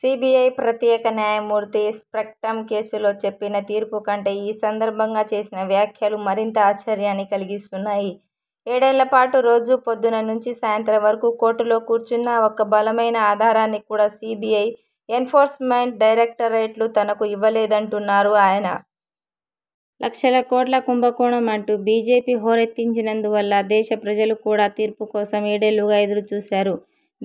CBI ప్రత్యేక న్యాయమూర్తి spectrum కేసులో చెప్పిన తీర్పు కంటే, ఈ సందర్భంగా చేసిన వ్యాఖ్యలు మరింత ఆశ్చర్యాన్ని కలిగిస్తున్నాయి. ఏడేళ్ళపాటు రోజూ పొద్దున్న నుంచి సాయంత్రం వరకూ కోర్టులో కూర్చున్నా, ఒక్క బలమైన ఆధారాన్ని కూడా సీబీఐ, ఎన్ఫోర్స్ మెంట్ డైరక్టరేట్లు తనకు ఇవ్వలేదంటున్నారు ఆయన. లక్షల కోట్ల కుంభకోణం అంటూ బీజేపీ హోరెత్తించినందువల్ల దేశ ప్రజలు కూడా తీర్పు కోసం ఏడేళ్ళుగా ఎదురు చూశారు.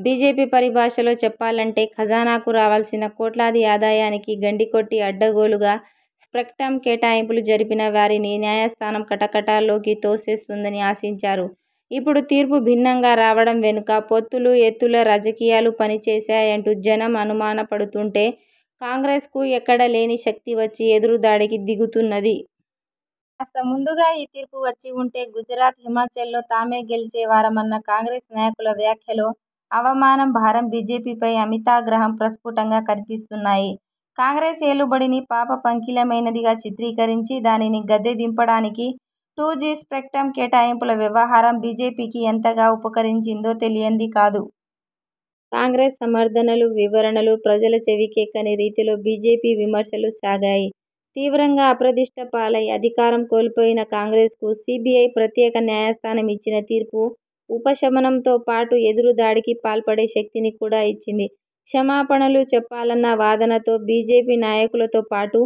బీజేపీ పరిభాషలో చెప్పాలంటే, ఖజనాకు రావాల్సిన కోట్లాది ఆదాయానికి గండికొట్టి అడ్డగోలుగా స్పెక్ట్రమ్ కేటాయింపులు జరిపిన వారిని న్యాయస్థానం కటకటాల్లోకి తోసేస్తుందని ఆశించారు. ఇప్పుడు తీర్పు భిన్నంగా రావడం వెనుక పొత్తులూ ఎత్తుల రాజకీయాలు పని చేశాయంటూ జనం అనుమానపడుతుంటే, కాంగ్రెస్కు ఎక్కడలేని శక్తీ వచ్చి ఎదురు దాడికి దిగుతున్నది. కాస్త ముందుగా ఈ తీర్పు వచ్చివుంటే గుజరాత్, హిమాచల్లో తామే గెలిచే వారమన్న కాంగ్రెస్ నాయకుల వ్యాఖ్యలో అవమాన భారం, బీజేపీపై అమితాగ్రహం ప్రస్ఫుటంగా కనిపిస్తున్నాయి. కాంగ్రెస్ ఏలుబడిని పాప పంకిలమైనదిగా చిత్రీకరించి, దానిని గద్దె దింపడానికి టూ జీ స్పెక్ట్రమ్ కేటాయింపుల వ్యవహారం బీజేపీకి ఎంతగా ఉపకరించిందో తెలియంది కాదు. కాంగ్రెస్ సమర్థనలు, వివరణలు ప్రజల చెవికెక్కని రీతిలో బీజేపీ విమర్శలు సాగాయి. తీవ్రంగా అప్రదిష్టపాలై, అధికారం కోల్పోయిన కాంగ్రెస్కు సీబీఐ ప్రత్యేక న్యాయస్థానం ఇచ్చిన తీర్పు ఉపశమనంతో పాటు ఎదురుదాడికి పాల్పడే శక్తిని కూడా ఇచ్చింది. క్షమాపణలు చెప్పాలన్న వాదనతో బీజేపీ నాయకులతో పాటు,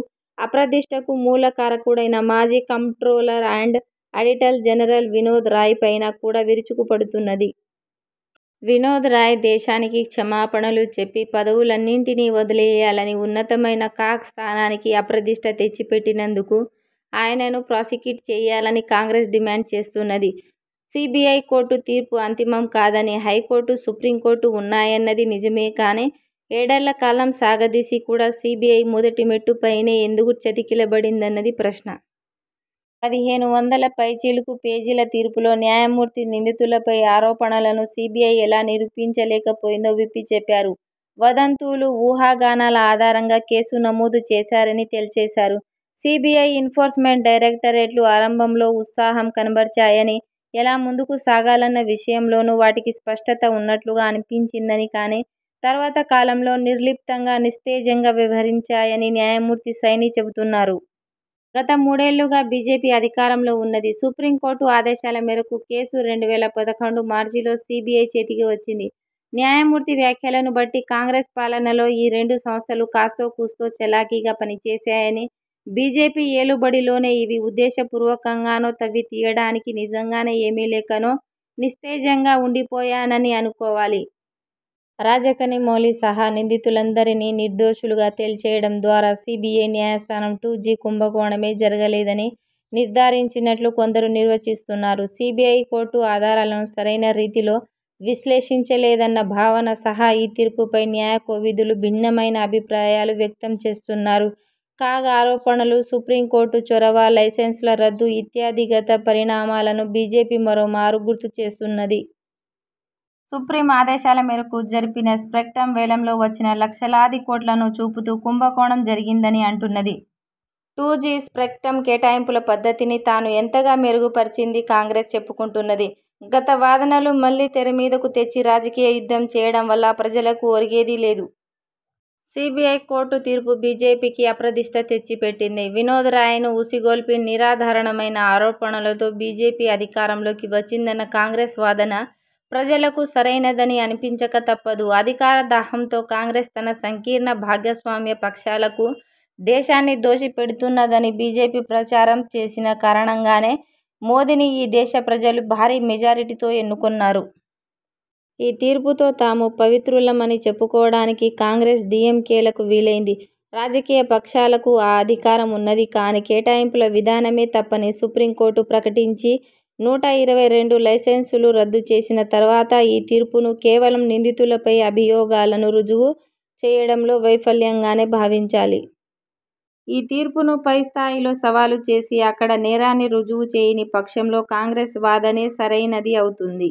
అప్రదిష్టకు మూల కారకుడైన మాజీ comptroller and auditor general Vinod Rai పైన కూడా విరుచుకుపడుతున్నది. వినోద్ రాయ్ దేశానికి క్షమాపణలు చెప్పి పదవులన్నింటినీ వదిలేయాలనీ, ఉన్నతమైన కాగ్ స్థానానికి అప్రదిష్ట తెచ్చిపెట్టినందుకు ఆయనను ప్రాసిక్యూట్ చేయాలని కాంగ్రెస్ డిమాండ్ చేస్తున్నది. సీబీఐ కోర్టు తీర్పు అంతిమం కాదనీ, హైకోర్టు, సుప్రీంకోర్టూ ఉన్నాయన్నది నిజమే కానీ, ఏడేళ్ళ కాలం సాగదీసి కూడా సీబీఐ మొదటి మెట్టుపైనే ఎందుకు చతికిలబడిందన్నది ప్రశ్న. పదిహేనువందల పైచిలుకు పేజీల తీర్పులో న్యాయమూర్తి నిందితులపై ఆరోపణలను సీబీఐ ఎలా నిరూపించలేకపోయిందో విప్పి చెప్పారు. వదంతులు, ఊహాగానాల ఆధారంగా కేసు నమోదు చేశారని తేల్చేశారు. సీబీఐ, ఎన్ఫోర్స్మెంట్ డైరక్టరేట్లు ఆరంభంలో ఉత్సాహం కనబరచాయనీ, ఎలా ముందుకు సాగాలన్న విషయంలోనూ వాటికి స్పష్టత ఉన్నట్టుగా అనిపించిందనీ, కానీ తరువాత కాలంలో నిర్లిప్తంగా, నిస్తేజంగా వ్యవహరించాయని న్యాయమూర్తి సైనీ చెబుతున్నారు. గత మూడేళ్ళుగా బీజేపీ అధికారంలో ఉన్నది. సుప్రీంకోర్టు ఆదేశాల మేరకు కేసు రెండు వేల పదకొండు మార్చిలో సీబీఐ చేతికి వచ్చింది. న్యాయమూర్తి వ్యాఖ్యలను బట్టి కాంగ్రెస్ పాలనలోనే ఈ రెండు సంస్థలూ కాస్తోకూస్తో చలాకీగా పనిచేశాయనీ, బీజేపీ ఏలుబడిలోనే ఇవి ఉద్దేశ పూర్వకంగానో, తవ్వి తీయడానికి నిజంగానే ఏమీ లేకనో నిస్తేజంగా ఉండిపోయాయనీ అనుకోవాలి. రాజా, కనిమొళి సహా నిందితులందరినీ నిర్దోషులుగా తేల్చేయడం ద్వారా సీబీఐ న్యాయస్థానం టూ జీ కుంభకోణమే జరలేదని నిర్ధారించినట్టు కొందరు నిర్వచిస్తున్నారు. సీబీఐ కోర్టు ఆధారాలను సరైన రీతిలో విశ్లేషించలేదన్న భావన సహా ఈ తీర్పుపై న్యాయకోవిదులు భిన్నమైన అభిప్రాయాలు వ్యక్తంచేస్తున్నారు. కాగ్ ఆరోపణలు, సుప్రీంకోర్టు చొరవ, లైసెన్సుల రద్దు ఇత్యాది గత పరిణామాలను బీజేపీ మరోమారు గుర్తుచేస్తున్నది. సుప్రీం ఆదేశాల మేరకు జరిపిన స్పెక్ట్రమ్ వేలంలో వచ్చిన లక్షలాది కోట్లను చూపుతూ కుంభకోణం జరిగిందని అంటున్నది. టూ జీ స్పెక్ట్రమ్ కేటాయింపుల పద్ధతిని తాను ఎంతగా మెరుగు పరచిందీ కాంగ్రెస్ చెప్పుకుంటున్నది. గత వాదనలు మళ్ళీ తెరమీదకు తెచ్చి రాజకీయ యుద్ధం చేయడం వల్ల ప్రజలకు ఒరిగేదీ లేదు. సీబీఐ కోర్టు తీర్పు బీజేపీకి అప్రదిష్ట తెచ్చిపెట్టింది. వినోద్ రాయ్ ను ఉసిగొల్పి, నిరాధారమైన ఆరోపణలతో బీజేపీ అధికారంలోకి వచ్చిందన్న కాంగ్రెస్ వాదన ప్రజలకు సరైనదని అనిపించక తప్పదు. అధికార దాహంతో కాంగ్రెస్ తన సంకీర్ణ భాగస్వామ్య పక్షాలకు దేశాన్ని దోచి పెడుతున్నదని బీజేపీ ప్రచారం చేసిన కారణంగానే, మోదీని ఈ దేశ ప్రజలు భారీ మెజారిటీతో ఎన్నుకున్నారు. ఈ తీర్పుతో తాము పవిత్రులమని చెప్పుకోవడానికి కాంగ్రెస్, డీఎంకేలకు వీలైంది. రాజకీయపక్షాలకు ఆ అధికారం ఉన్నది కానీ, కేటాయింపుల విధానమే తప్పని సుప్రీంకోర్టు ప్రకటించి, నూట ఇరవై రెండు లైసెన్సులు రద్దుచేసిన తరువాత, ఈ తీర్పును కేవలం నిందితులపై అభియోగాలను రుజువు చేయడంలో వైఫల్యంగానే భావించాలి. ఈ తీర్పును పైస్థాయిలో సవాలు చేసి, అక్కడ నేరాన్ని రుజువుచేయని పక్షంలో కాంగ్రెస్ వాదనే సరైనది అవుతుంది.